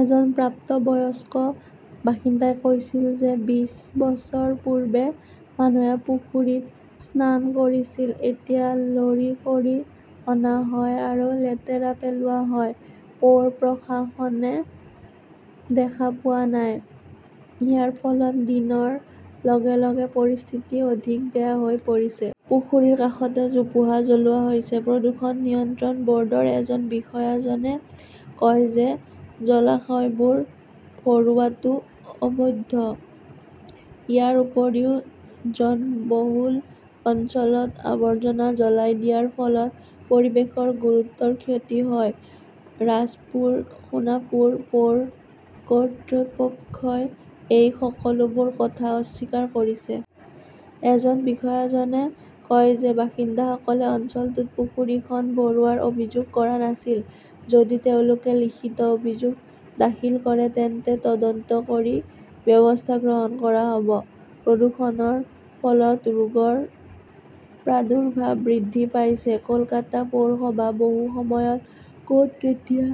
এজন প্ৰাপ্তবয়স্ক বাসিন্দাই কৈছিল যে, বিশ বছৰ পূৰ্বে মানুহে পুখুৰীত স্নান কৰিছিল। এতিয়া লৰি কৰি অনা হয় আৰু লেতেৰা পেলোৱা হয়। পৌৰ প্ৰশাসনে দেখা পোৱা নাই। ইয়াৰ ফলত দিনৰ লগে লগে পৰিস্থিতি অধিক বেয়া হৈ পৰিছে। পুখুৰীৰ কাষত জোপোহা জ্বলোৱা হৈছে। প্ৰদূষণ নিয়ন্ত্ৰণ বৰ্ডৰ এজন বিষয়াজনে কয় যে, জলাশয়বোৰ ভৰোৱাটো অবৈধ। ইয়াৰ উপৰিও জনবহুল অঞ্চলত আৱৰ্জনা জ্বলাই দিয়াৰ ফলত পৰিৱেশৰ গুৰুতৰ ক্ষতি হয়। ৰাজপুৰ সোণৰপুৰ পৌৰ কৰ্তৃপক্ষই এই সকলোবোৰ কথা অস্বীকাৰ কৰিছে। এজন বিষয়াজনে কয় যে, বাসিন্দাসকলে অঞ্চলটোত পুখুৰীখন ভৰোৱাৰ অভিযোগ কৰা নাছিল। যদি তেওঁলোকে লিখিত অভিযোগ দাখিল কৰে, তেন্তে তদন্ত কৰি ব্যৱস্থা গ্ৰহণ কৰা হব। প্ৰদূষণৰ ফলত ৰোগৰ প্ৰাদুৰ্ভাৱ বৃদ্ধি পাইছে। কলকাতা পৌৰসভা বহু সময়ত ক'ত, কেতিয়া,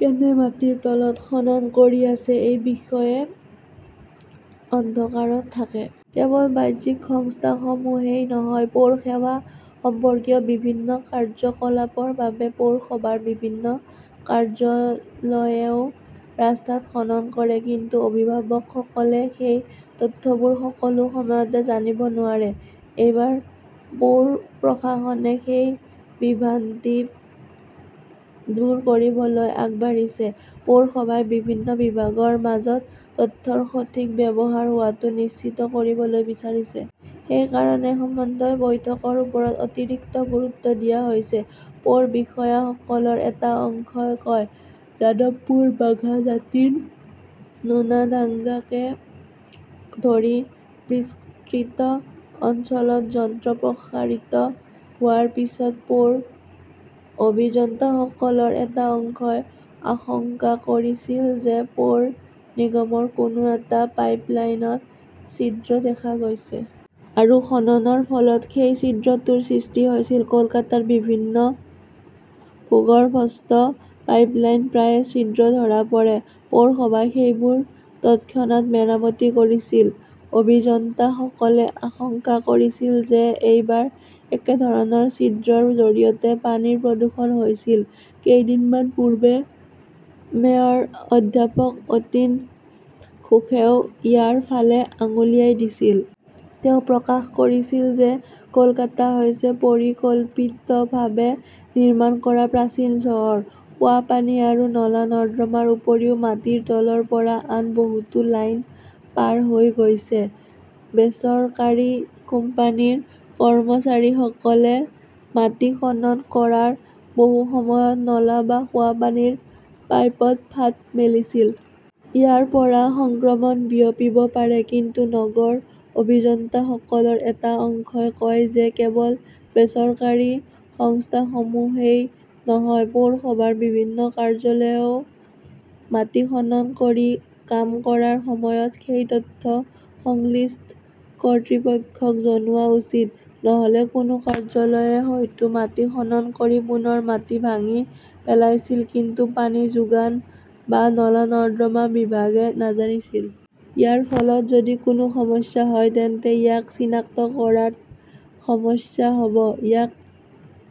কোনে মাটিৰ তলত খনন কৰি আছে, সেই বিষয়ে অন্ধকাৰত থাকে। কেৱল বাহ্যিক সংস্থাসমূহেই নহয়, পৌৰ সেৱা সম্পৰ্কীয় বিভিন্ন কাৰ্যকলাপৰ বাবে পৌৰসভাৰ বিভিন্ন কাৰ্যালয়েও ৰাস্তাত খনন কৰে। কিন্তু অভিভাৱকসকলে সেই তথ্যবোৰ সকলো সময়তে জানিব নোৱাৰে। এইবাৰ পৌৰ প্ৰশাসনে সেই "বিভ্ৰান্তি" দূৰ কৰিবলৈ আগবাঢ়িছে। পৌৰসভাই বিভিন্ন বিভাগৰ মাজত তথ্যৰ সঠিক ব্যৱহাৰ হোৱাটো নিশ্চিত কৰিবলৈ বিচাৰিছে। সেই কাৰণেই সমন্বয় বৈঠকৰ ওপৰত অতিৰিক্ত গুৰুত্ব দিয়া হৈছে, পৌৰ বিষয়াসকলৰ এটা অংশই কয়। যাদৱপুৰ, বাঘা জাটিন, নোনাডাঙ্গাকে ধৰি বিস্তৃত অঞ্চলত যন্ত্ৰ প্ৰসাৰিত হোৱাৰ পিছত পৌৰ অভিযন্তাসকলৰ এটা অংশই আশংকা কৰিছিল যে, পৌৰ নিগমৰ কোনো এটা পাইপলাইনত ছিদ্ৰ দেখা গৈছে। আৰু খননৰ ফলত সেই ছিদ্ৰটোৰ সৃষ্টি হৈছিল। কলকাতাৰ বিভিন্ন ভূগৰ্ভস্থ পাইপলাইনত প্ৰায়ে ছিদ্ৰ ধৰা পৰে। পৌৰসভাই সেইবোৰ তৎক্ষণাত মেৰামতি কৰিছিল। অভিযন্তাসকলে আশংকা কৰিছিল যে, এইবাৰ একেধৰণৰ ছিদ্ৰৰ জৰিয়তে পানীৰ প্ৰদূষণ হৈছিল। কেইদিনমান পূৰ্বে মেয়ৰ অধ্যাপক অতীন ঘোষেও ইয়াৰ ফালে আঙুলিয়াই দিছিল। তেওঁ প্ৰকাশ কৰিছিল যে, কলকাতা হৈছে পৰিকল্পিতভাৱে নিৰ্মাণ কৰা প্ৰাচীন চহৰ। খোৱাপানী আৰু নলা-নৰ্দমাৰ উপৰিও মাটিৰ তলৰ পৰা আন বহুতো লাইন পাৰ হৈ গৈছে। বেচৰকাৰী কোম্পানীৰ কৰ্মচাৰীসকলে মাটি খনন কৰাৰ বহু সময়ত নলা বা খোৱাপানীৰ পাইপত ফাট মেলিছিল। ইয়াৰ পৰা সংক্ৰমণ বিয়পিব পাৰে। কিন্তু নগৰ অভিযন্তাসকলৰ এটা অংশই কয় যে, কেৱল বেচৰকাৰী সংস্থাসমূহেই নহয়, পৌৰসভাৰ বিভিন্ন কাৰ্যালয়েও মাটি খনন কৰি কাম কৰাৰ সময়ত সেই তথ্য সংশ্লিষ্ট কৰ্তৃপক্ষক জনোৱা উচিত। নহলে কোনো কাৰ্যালয়ে হয়তো মাটি খনন কৰি পুনৰ মাটি ভাঙি পেলাইছিল, কিন্তু পানী যোগান বা নলা-নৰ্দমা বিভাগে নাজানিছিল। ইয়াৰ ফলত যদি কোনো সমস্যা হয়, তেন্তে ইয়াক চিনাক্ত কৰাত সমস্যা হব। ইয়াক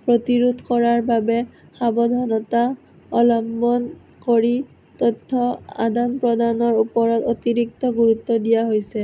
প্ৰতিৰোধ কৰাৰ বাবে সাৱধানতা অৱলম্বন কৰি তথ্য আদান-প্ৰদানৰ ওপৰত অতিৰিক্ত গুৰুত্ব দিয়া হৈছে।